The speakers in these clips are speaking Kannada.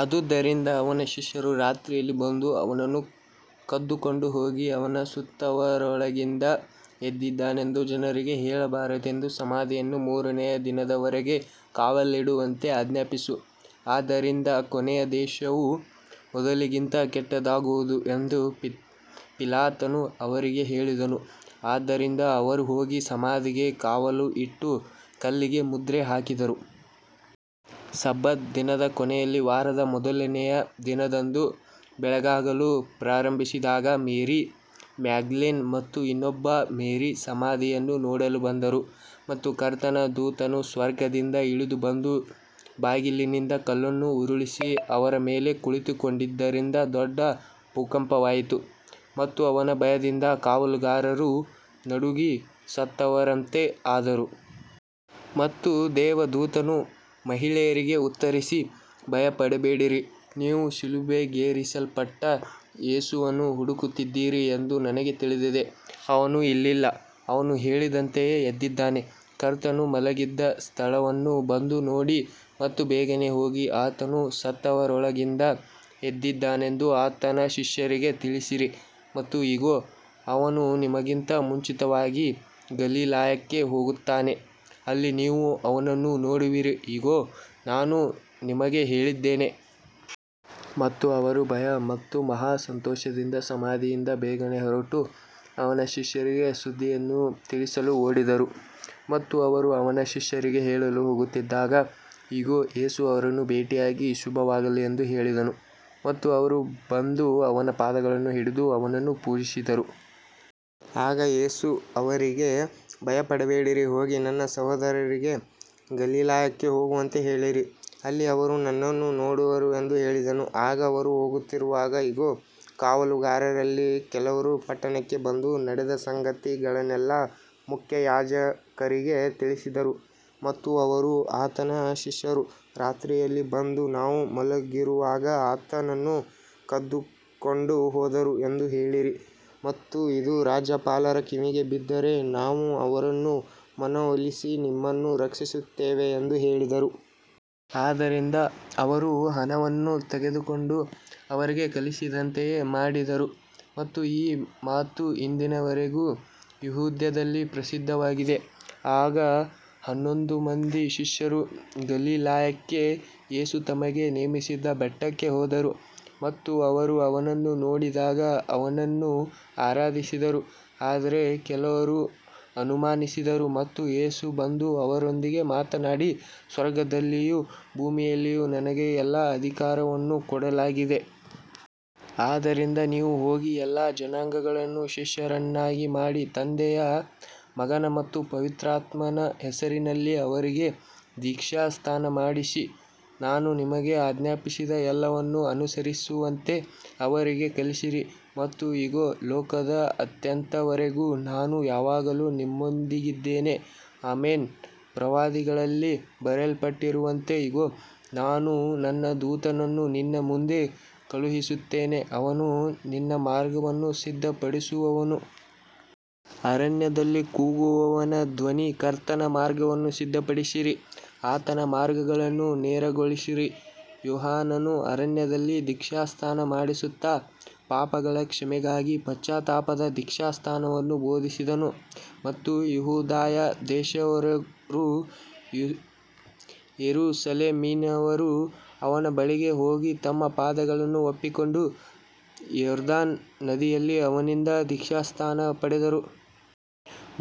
ಆದುದರಿಂದ ಅವನ ಶಿಷ್ಯರು ರಾತ್ರಿಯಲ್ಲಿ ಬಂದು ಅವನನ್ನು ಕದ್ದುಕೊಂಡು ಹೋಗಿ ಅವನು ಸತ್ತವರೊಳಗಿಂದ ಎದ್ದಿದ್ದಾನೆಂದು ಜನರಿಗೆ ಹೇಳಬಾರದೆಂದು ಸಮಾಧಿಯನ್ನು ಮೂರನೆಯ ದಿನದವರೆಗೆ ಕಾವಲಿಡುವಂತೆ ಆಜ್ಞಾಪಿಸು, ಆದ್ದರಿಂದ ಕೊನೆಯ ದೋಷವು ಮೊದಲಿಗಿಂತ ಕೆಟ್ಟದ್ದಾಗುವುದು ಎಂದು ಪಿಲಾತನು ಅವರಿಗೆ ಹೇಳಿದನು, ಆದ್ದರಿಂದ ಅವರು ಹೋಗಿ ಸಮಾಧಿಗೆ ಕಾವಲು ಇಟ್ಟು ಕಲ್ಲಿಗೆ ಮುದ್ರೆ ಹಾಕಿದರು. ಸಬ್ಬತ್ ದಿನದ ಕೊನೆಯಲ್ಲಿ ವಾರದ ಮೊದಲನೆಯ ದಿನದಂದು ಬೆಳಗಾಗಲು ಪ್ರಾರಂಭಿಸಿದಾಗ ಮೇರಿ ಮ್ಯಾಗ್ದಲೇನ್ ಮತ್ತು ಇನ್ನೊಬ್ಬ ಮೇರಿ ಸಮಾಧಿಯನ್ನು ನೋಡಲು ಬಂದರು. ಮತ್ತು ಕರ್ತನ ದೂತನು ಸ್ವರ್ಗದಿಂದ ಇಳಿದು ಬಂದು ಬಾಗಿಲಿನಿಂದ ಕಲ್ಲನ್ನು ಉರುಳಿಸಿ ಅದರ ಮೇಲೆ ಕುಳಿತುಕೊಂಡಿದ್ದರಿಂದ ದೊಡ್ಡ ಭೂಕಂಪವಾಯಿತು. ಮತ್ತು ಅವನ ಭಯದಿಂದ ಕಾವಲುಗಾರರು ನಡುಗಿ ಸತ್ತವರಂತೆ ಆದರು. ಮತ್ತು ದೇವದೂತನು ಮಹಿಳೆಯರಿಗೆ ಉತ್ತರಿಸಿ, ಭಯಪಡಬೇಡಿರಿ, ನೀವು ಶಿಲುಬೆಗೇರಿಸಲ್ಪಟ್ಟ ಯೇಸುವನ್ನು ಹುಡುಕುತ್ತಿದ್ದೀರಿ ಎಂದು ನನಗೆ ತಿಳಿದಿದೆ. ಅವನು ಇಲ್ಲಿಲ್ಲ, ಅವನು ಹೇಳಿದಂತೆಯೇ ಎದ್ದಿದ್ದಾನೆ, ಕರ್ತನು ಮಲಗಿದ್ದ ಸ್ಥಳವನ್ನು ಬಂದು ನೋಡಿ. ಮತ್ತು ಬೇಗನೆ ಹೋಗಿ, ಆತನು ಸತ್ತವರೊಳಗಿಂದ ಎದ್ದಿದ್ದಾನೆಂದು ಆತನ ಶಿಷ್ಯರಿಗೆ ತಿಳಿಸಿರಿ, ಮತ್ತು ಇಗೋ, ಅವನು ನಿಮಗಿಂತ ಮುಂಚಿತವಾಗಿ ಗಲಿಲಾಯಕ್ಕೆ ಹೋಗುತ್ತಾನೆ, ಅಲ್ಲಿ ನೀವು ಅವನನ್ನು ನೋಡುವಿರಿ, ಇಗೋ, ನಾನು ನಿಮಗೆ ಹೇಳಿದ್ದೇನೆ. ಮತ್ತು ಅವರು ಭಯ ಮತ್ತು ಮಹಾ ಸಂತೋಷದಿಂದ ಸಮಾಧಿಯಿಂದ ಬೇಗನೆ ಹೊರಟು, ಅವನ ಶಿಷ್ಯರಿಗೆ ಸುದ್ದಿಯನ್ನು ತಿಳಿಸಲು ಓಡಿದರು. ಮತ್ತು ಅವರು ಅವನ ಶಿಷ್ಯರಿಗೆ ಹೇಳಲು ಹೋಗುತ್ತಿದ್ದಾಗ, ಇಗೋ, ಯೇಸು ಅವರನ್ನು ಭೇಟಿಯಾಗಿ, ಶುಭವಾಗಲಿ ಎಂದು ಹೇಳಿದನು, ಮತ್ತು ಅವರು ಬಂದು ಅವನ ಪಾದಗಳನ್ನು ಹಿಡಿದು ಅವನನ್ನು ಪೂಜಿಸಿದರು. ಆಗ ಯೇಸು ಅವರಿಗೆ, ಭಯಪಡಬೇಡಿರಿ, ಹೋಗಿ ನನ್ನ ಸಹೋದರರಿಗೆ ಗಲಿಲಾಯಕ್ಕೆ ಹೋಗುವಂತೆ ಹೇಳಿರಿ, ಅಲ್ಲಿ ಅವರು ನನ್ನನ್ನು ನೋಡುವರು ಎಂದು ಹೇಳಿದನು. ಈಗ ಅವರು ಹೋಗುತ್ತಿರುವಾಗ, ಇಗೋ, ಕಾವಲುಗಾರರಲ್ಲಿ ಕೆಲವರು ಪಟ್ಟಣಕ್ಕೆ ಬಂದು ನಡೆದ ಸಂಗತಿಗಳನ್ನೆಲ್ಲಾ ಮುಖ್ಯಯಾಜಕರಿಗೆ ತಿಳಿಸಿದರು. ಮತ್ತು ಅವರು, ಆತನ ಶಿಷ್ಯರು ರಾತ್ರಿಯಲ್ಲಿ ಬಂದು ನಾವು ಮಲಗಿರುವಾಗ ಆತನನ್ನು ಕದ್ದುಕೊಂಡು ಹೋದರು ಎಂದು ಹೇಳಿರಿ, ಮತ್ತು ಇದು ರಾಜ್ಯಪಾಲರ ಕಿವಿಗೆ ಬಿದ್ದರೆ ನಾವು ಅವರನ್ನು ಮನವೊಲಿಸಿ ನಿಮ್ಮನ್ನು ರಕ್ಷಿಸುತ್ತೇವೆ ಎಂದು ಹೇಳಿದರು. ಆದ್ದರಿಂದ ಅವರು ಹಣವನ್ನು ತೆಗೆದುಕೊಂಡು, ಅವರಿಗೆ ಕಲಿಸಿದಂತೆಯೇ ಮಾಡಿದರು, ಮತ್ತು ಈ ಮಾತು ಇಂದಿನವರೆಗೂ ಯೆಹೂದ್ಯರಲ್ಲಿ ಪ್ರಸಿದ್ಧವಾಗಿದೆ. ಆಗ ಹನ್ನೊಂದು ಮಂದಿ ಶಿಷ್ಯರು ಗಲಿಲಾಯಕ್ಕೆ, ಯೇಸು ತಮಗೆ ನೇಮಿಸಿದ್ದ ಬೆಟ್ಟಕ್ಕೆ ಹೋದರು. ಮತ್ತು ಅವರು ಅವನನ್ನು ನೋಡಿದಾಗ ಅವನನ್ನು ಆರಾಧಿಸಿದರು, ಆದರೆ ಕೆಲವರು ಅನುಮಾನಿಸಿದರು. ಮತ್ತು ಯೇಸು ಬಂದು ಅವರೊಂದಿಗೆ ಮಾತನಾಡಿ, ಸ್ವರ್ಗದಲ್ಲಿಯೂ ಭೂಮಿಯಲ್ಲಿಯೂ ನನಗೆ ಎಲ್ಲಾ ಅಧಿಕಾರವನ್ನು ಕೊಡಲಾಗಿದೆ. ಆದ್ದರಿಂದ ನೀವು ಹೋಗಿ ಎಲ್ಲಾ ಜನಾಂಗಗಳನ್ನು ಶಿಷ್ಯರನ್ನಾಗಿ ಮಾಡಿ, ತಂದೆಯ, ಮಗನ ಮತ್ತು ಪವಿತ್ರಾತ್ಮನ ಹೆಸರಿನಲ್ಲಿ ಅವರಿಗೆ ದೀಕ್ಷಾಸ್ನಾನ ಮಾಡಿಸಿ, ನಾನು ನಿಮಗೆ ಆಜ್ಞಾಪಿಸಿದ ಎಲ್ಲವನ್ನೂ ಅನುಸರಿಸುವಂತೆ ಅವರಿಗೆ ಕಲಿಸಿರಿ, ಮತ್ತು ಇಗೋ, ಲೋಕದ ಅಂತ್ಯದವರೆಗೂ ನಾನು ಯಾವಾಗಲೂ ನಿಮ್ಮೊಂದಿಗಿದ್ದೇನೆ, ಆಮೆನ್. ಪ್ರವಾದಿಗಳಲ್ಲಿ ಬರೆಯಲ್ಪಟ್ಟಿರುವಂತೆ, ಇಗೋ, ನಾನು ನನ್ನ ದೂತನನ್ನು ನಿನ್ನ ಮುಂದೆ ಕಳುಹಿಸುತ್ತೇನೆ, ಅವನು ನಿನ್ನ ಮಾರ್ಗವನ್ನು ಸಿದ್ಧಪಡಿಸುವನು. ಅರಣ್ಯದಲ್ಲಿ ಕೂಗುವವನ ಧ್ವನಿ, ಕರ್ತನ ಮಾರ್ಗವನ್ನು ಸಿದ್ಧಪಡಿಸಿರಿ, ಆತನ ಮಾರ್ಗಗಳನ್ನು ನೇರಗೊಳಿಸಿರಿ. ಯೋಹಾನನು ಅರಣ್ಯದಲ್ಲಿ ದೀಕ್ಷಾಸ್ನಾನ ಮಾಡಿಸುತ್ತಾ, ಪಾಪಗಳ ಕ್ಷಮೆಗಾಗಿ ಪಶ್ಚಾತ್ತಾಪದ ದೀಕ್ಷಾಸ್ನಾನವನ್ನು ಬೋಧಿಸಿದನು. ಮತ್ತು ಯೆಹೂದಾಯ ದೇಶದವರೂ ಯೆರೂಸಲೇಮಿನವರೂ ಅವನ ಬಳಿಗೆ ಹೋಗಿ ತಮ್ಮ ಪಾಪಗಳನ್ನು ಒಪ್ಪಿಕೊಂಡು, ಯೊರ್ದಾನ್ ನದಿಯಲ್ಲಿ ಅವನಿಂದ ದೀಕ್ಷಾಸ್ನಾನ ಪಡೆದರು.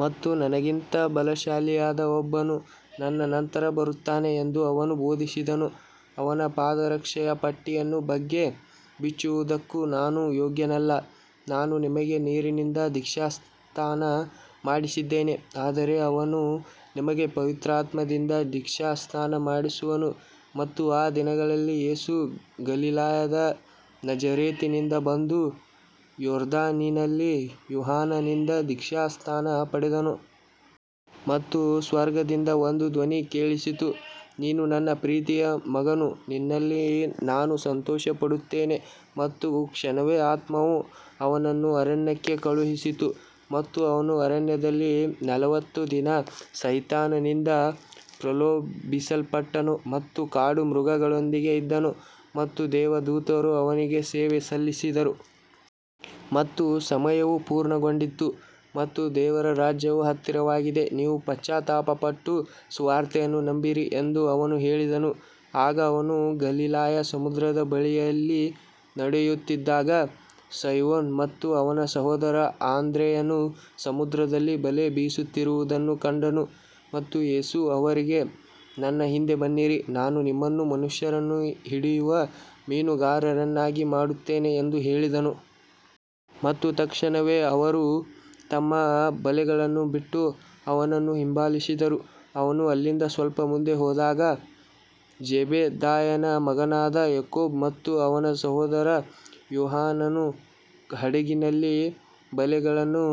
ಮತ್ತು ನನಗಿಂತ ಬಲಶಾಲಿಯಾದ ಒಬ್ಬನು ನನ್ನ ನಂತರ ಬರುತ್ತಾನೆ ಎಂದು ಅವನು ಬೋಧಿಸಿದನು, ಅವನ ಪಾದರಕ್ಷೆಯ ಪಟ್ಟಿಯನ್ನು ಬಗ್ಗಿ ಬಿಚ್ಚುವುದಕ್ಕೂ ನಾನು ಯೋಗ್ಯನಲ್ಲ. ನಾನು ನಿಮಗೆ ನೀರಿನಿಂದ ದೀಕ್ಷಾಸ್ನಾನ ಮಾಡಿಸಿದ್ದೇನೆ, ಆದರೆ ಅವನು ನಿಮಗೆ ಪವಿತ್ರಾತ್ಮದಿಂದ ದೀಕ್ಷಾಸ್ನಾನ ಮಾಡಿಸುವನು. ಮತ್ತು ಆ ದಿನಗಳಲ್ಲಿ ಯೇಸು ಗಲಿಲಾಯದ ನಜರೇತಿನಿಂದ ಬಂದು, ಯೊರ್ದಾನಿನಲ್ಲಿ ಯೋಹಾನನಿಂದ ದೀಕ್ಷಾಸ್ನಾನ ಪಡೆದನು. ಮತ್ತು ಸ್ವರ್ಗದಿಂದ ಒಂದು ಧ್ವನಿ ಕೇಳಿಸಿತು, ನೀನು ನನ್ನ ಪ್ರೀತಿಯ ಮಗನು, ನಿನ್ನಲ್ಲಿ ನಾನು ಸಂತೋಷಪಡುತ್ತೇನೆ. ಮತ್ತು ತಕ್ಷಣವೇ ಆತ್ಮವು ಅವನನ್ನು ಅರಣ್ಯಕ್ಕೆ ಕಳುಹಿಸಿತು. ಮತ್ತು ಅವನು ಅರಣ್ಯದಲ್ಲಿ ನಲವತ್ತು ದಿನ ಸೈತಾನನಿಂದ ಪ್ರಲೋಭಿಸಲ್ಪಟ್ಟನು, ಮತ್ತು ಕಾಡು ಮೃಗಗಳೊಂದಿಗೆ ಇದ್ದನು, ಮತ್ತು ದೇವದೂತರು ಅವನಿಗೆ ಸೇವೆ ಸಲ್ಲಿಸಿದರು. ಮತ್ತು ಸಮಯವು ಪೂರ್ಣಗೊಂಡಿತು, ಮತ್ತು ದೇವರ ರಾಜ್ಯವು ಹತ್ತಿರವಾಗಿದೆ, ನೀವು ಪಶ್ಚಾತ್ತಾಪಪಟ್ಟು ಸುವಾರ್ತೆಯನ್ನು ನಂಬಿರಿ ಎಂದು ಅವನು ಹೇಳಿದನು. ಈಗ ಅವನು ಗಲಿಲಾಯ ಸಮುದ್ರದ ಬಳಿಯಲ್ಲಿ ನಡೆಯುತ್ತಿದ್ದಾಗ, ಸೈಮೋನ ಮತ್ತು ಅವನ ಸಹೋದರ ಆಂದ್ರೆಯನು ಸಮುದ್ರದಲ್ಲಿ ಬಲೆ ಬೀಸುತ್ತಿರುವುದನ್ನು ಕಂಡನು. ಮತ್ತು ಯೇಸು ಅವರಿಗೆ, ನನ್ನ ಹಿಂದೆ ಬನ್ನಿರಿ, ನಾನು ನಿಮ್ಮನ್ನು ಮನುಷ್ಯರನ್ನು ಹಿಡಿಯುವ ಮೀನುಗಾರರನ್ನಾಗಿ ಮಾಡುತ್ತೇನೆ ಎಂದು ಹೇಳಿದನು. ಮತ್ತು ತಕ್ಷಣವೇ ಅವರು ತಮ್ಮ ಬಲೆಗಳನ್ನು ಬಿಟ್ಟು ಅವನನ್ನು ಹಿಂಬಾಲಿಸಿದರು. ಅವನು ಅಲ್ಲಿಂದ ಸ್ವಲ್ಪ ಮುಂದೆ ಹೋದಾಗ, ಜೆಬೆದಾಯನ ಮಗನಾದ ಯಾಕೋಬ ಮತ್ತು ಅವನ ಸಹೋದರ ಯೋಹಾನನು ಹಡಗಿನಲ್ಲಿ ಬಲೆಗಳನ್ನು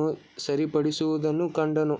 ಸರಿಪಡಿಸುವುದನ್ನು ಕಂಡನು.